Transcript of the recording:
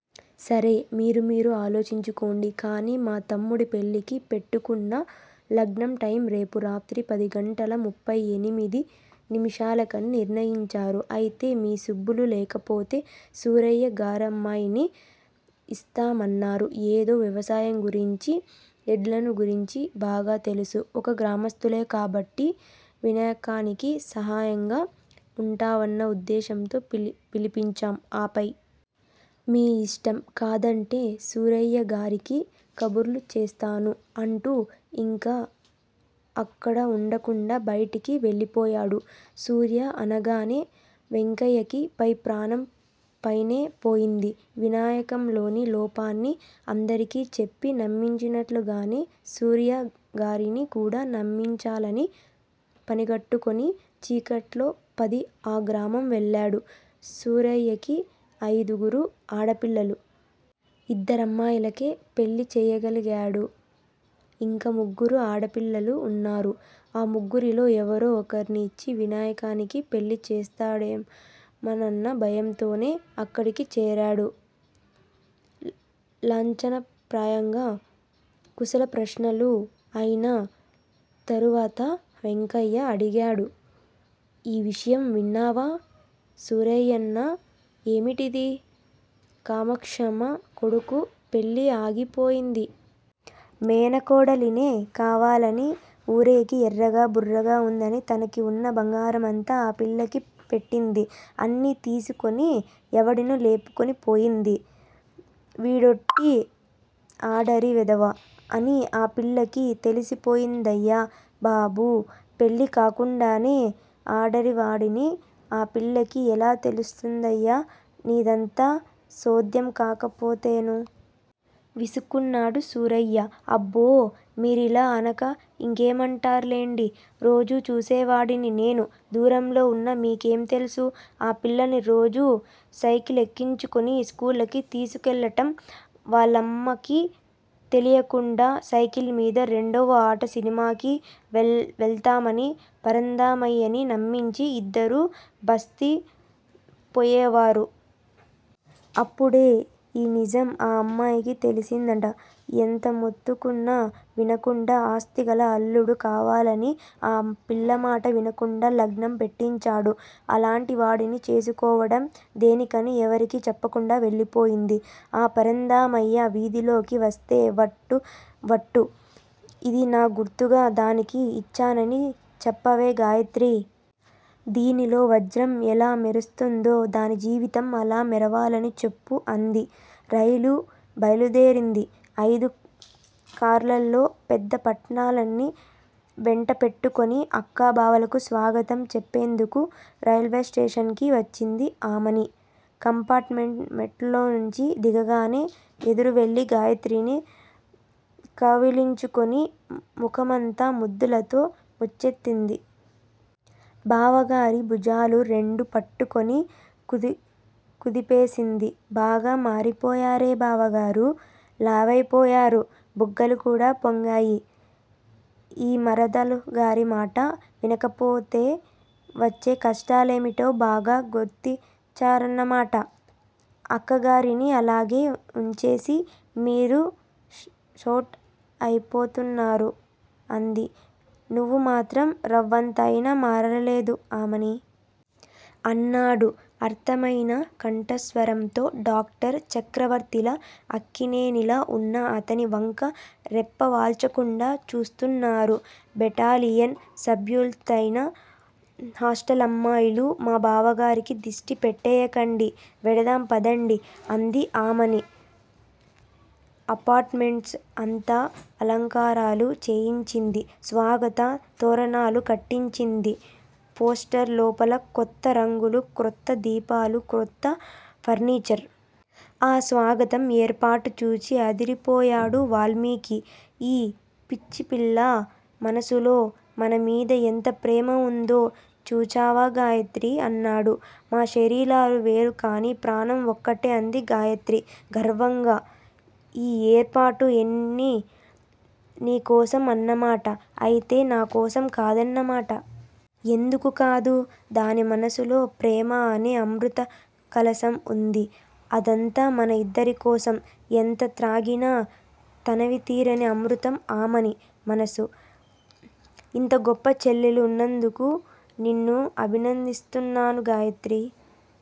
సరే! మీరు మీరు ఆలోచించుకోండి! కాని మా తమ్ముడి పెళ్ళికి పెట్టుకున్న లగ్నం టైం రేపురాత్రి పదిగంటల ముప్పైఎనిమిది నిముషాలకని నిర్ణయించారు. అయితే మీ సుబ్బులు! లేకపోతే సూరయ్యగారమ్మాయిని యిస్తామన్నారు. ఏదో వ్యవసాయం గురించి ఎడ్లను గురించి బాగా తెలుసు! ఒక గ్రామస్థులే కాబట్టి వినయకానికి సహాయంగా వుంటావన్న ఉద్దేశ్యంతో పిలిపించాం. ఆపై మీ యిష్టం కాదంటే సూరయ్యగారికి కబురు చేస్తాను! అంటూ యింక అక్కడ వుండకుండా బైటికి వెళ్ళిపోయాడు. సూర్య అనగానే వెంకయ్యకి పై ప్రాణం పైనే పోయింది. వినాయకంలోని లోపాన్ని అందరికీ చెప్పి నమ్మించినట్లుగానే సూర్యగారిని కూడా నమ్మించాలని పనిగట్టుకుని చీకట్లోపది ఆ గ్రామం వెళ్ళాడు. సూరయ్యకి అయిదుగురు ఆడపిల్లలు! యిద్దరమ్మాయిలకే పెళ్ళి చేయగలిగాడు. యింకా ముగ్గురు ఆడ పిల్లలు వున్నారు, ఆ ముగ్గురిలో ఎవరో ఒకరిని యిచ్చి వినాయకానికి పెళ్ళి చేస్తాడేమోనన్న భయంతోనే అక్కడికి చేరాడు. లాంఛనప్రాయంగా కుశల ప్రశ్నలు అయినా తరువతః వెంకయ్య అడిగాడు. ఈ విషయం విన్నావా సూరయ్యన్నా? ఏమిటది? కామాక్షమ్మ కొడుకు పెళ్ళి ఆగిపోయింది. మేనకోడలినే కావాలనుకుని ఊరేగి ఎర్రగా బుర్రగా వుందని తనకి వున్న బంగారమంతా ఆ పిల్లకి పెట్టింది. అన్నీ తీసుకుని ఎవడినో లేపుకుని పోయింది. వీడోట్టి ఆడారి వెధవ అని ఆ పిల్లకి తెలిసిపోయిందయ్యా బాబూ! పెళ్ళి కాకుండానే ఆడారివాడని ఆ పిల్లకి ఎలా తెలుస్తుందయ్యా? నీదంతా సోధ్యం కాకపోతేనూ? విసుక్కున్నాడు సూరయ్య! అబ్బో! మీరలా అనక ఇంకేమంటారు లెండి! రోజూ చూసేవాడిని నేను! దూరంలో వున్న మీకేమి తెలుసు? ఆ పిల్లని రోజూ సైకిలెక్కించుకుని స్కూలుకి తీసుకెళ్ళటం, వాళ్ళమ్మకి తెలియకుండా సైకిల్ మీద రెండవ ఆట సినిమాకి వెళ్తామని పరంధామయ్యని నమ్మించి యిద్దరూ బ'స్తీ' పోయేవారు. అప్పుడే ఈ నిజం ఆ అమ్మాయికి తెలిసిందట. ఎంత మొత్తుకున్నా వినకుండా ఆస్తిగల అల్లుడు కావాలని ఆ పిల్లమాట వినకుండా లగ్నం పెట్టించాడు. అలాంటి వాడిని చేసుకోవటం దేనికని ఎవరికీ చెప్పకుండా వెళ్ళిపోయింది. ఆ పరంధామయ్య వీధిలోకి వస్తే వట్టు. ఇది నా గుర్తుగా దానికి ఇచ్చానని చెప్పవే గాయత్రీ! దీనిలో వజ్రం ఎలా మెరుస్తుందో దాని జీవితం అలా మెరవాలని చెప్పు అంది. రైలు బయలుదేరింది! అయిదు కార్లలో పెద్ద పటాలాన్ని వెంటపెట్టుకుని అక్క బావలకు స్వాగతం చెప్పేందుకు రైలు స్టేషన్ కి వచ్చింది ఆమని! కంపార్టుమెంటులోంచి దిగగానే ఎదురువెళ్ళి గాయత్రిని కావిలించుకుని ముఖమంతా ముద్దులతో ముంచెత్తింది. బావగారి భుజాలు రెండు పట్టుకుని కుదిపేసింది. బాగా మారిపోయారే బావగారూ! లావైపోయారు. బుగ్గలు కూడా పొంగాయి. ఈ మరదలుగారి మాట వినకపోతే వచ్చే కష్టాలేమిటో బాగా గుర్తించారన్నమాట! అక్కగారిని అలాగే వుంచేసి మీరు స్టౌట్ అయిపోతున్నారు అంది. నువ్వు మాత్రం రవంత అయినా మారలేదు ఆమనీ! అన్నాడు ఆర్ధ్రమయిన కంఠస్వరంతో. డాక్టర్ చక్రవర్తిలో అక్కినేనిలా వున్న అతని వంక రెప్పవాల్చకుండా చూస్తున్నారు బెటాలియన్ సభ్యులైన హాస్టల్ అమ్మాయిలు. మా బావగారికి దిష్టి పెట్టేయకండి. వెడదాం పదండి! అంది ఆమని. అపార్టుమెంట్స్ అంతా అలంకారాలు చేయించింది. స్వాగత తోరణాలు కట్టించింది. పోర్షన్ లోపల క్రొత్త రంగులు, క్రొత్త దీపాలు, క్రొత్త ఫర్నీచర్! ఆ స్వాగతం ఏర్పాట్లు చూచి అదిరిపోయాడు వాల్మీకి. ఈ పిచ్చిపిల్ల మనసులో మనమీద ఎంత ప్రేమ ఉందో చూచావా గాయత్రీ! అన్నాడు. మా శరీరాలు వేరు కాని ప్రాణం ఒక్కటే అంది గాయత్రి గర్వంగా! ఈ ఏర్పాట్లు అన్నీ నీకోసం అన్నమాట? అయితే నాకోసం కాదన్నమాట? ఎందుకు కాదు? దాని మనసులో ప్రేమ అనే అమృతకలశం ఉంది. అదంతా మన ఇద్దరికోసం! ఎంత త్రాగినా తనివి తీరని అమృతం ఆమని మనసు! ఇంత గొప్ప చెల్లెలు ఉన్నందుకు నిన్ను అభినందిస్తున్నాను గాయత్రీ!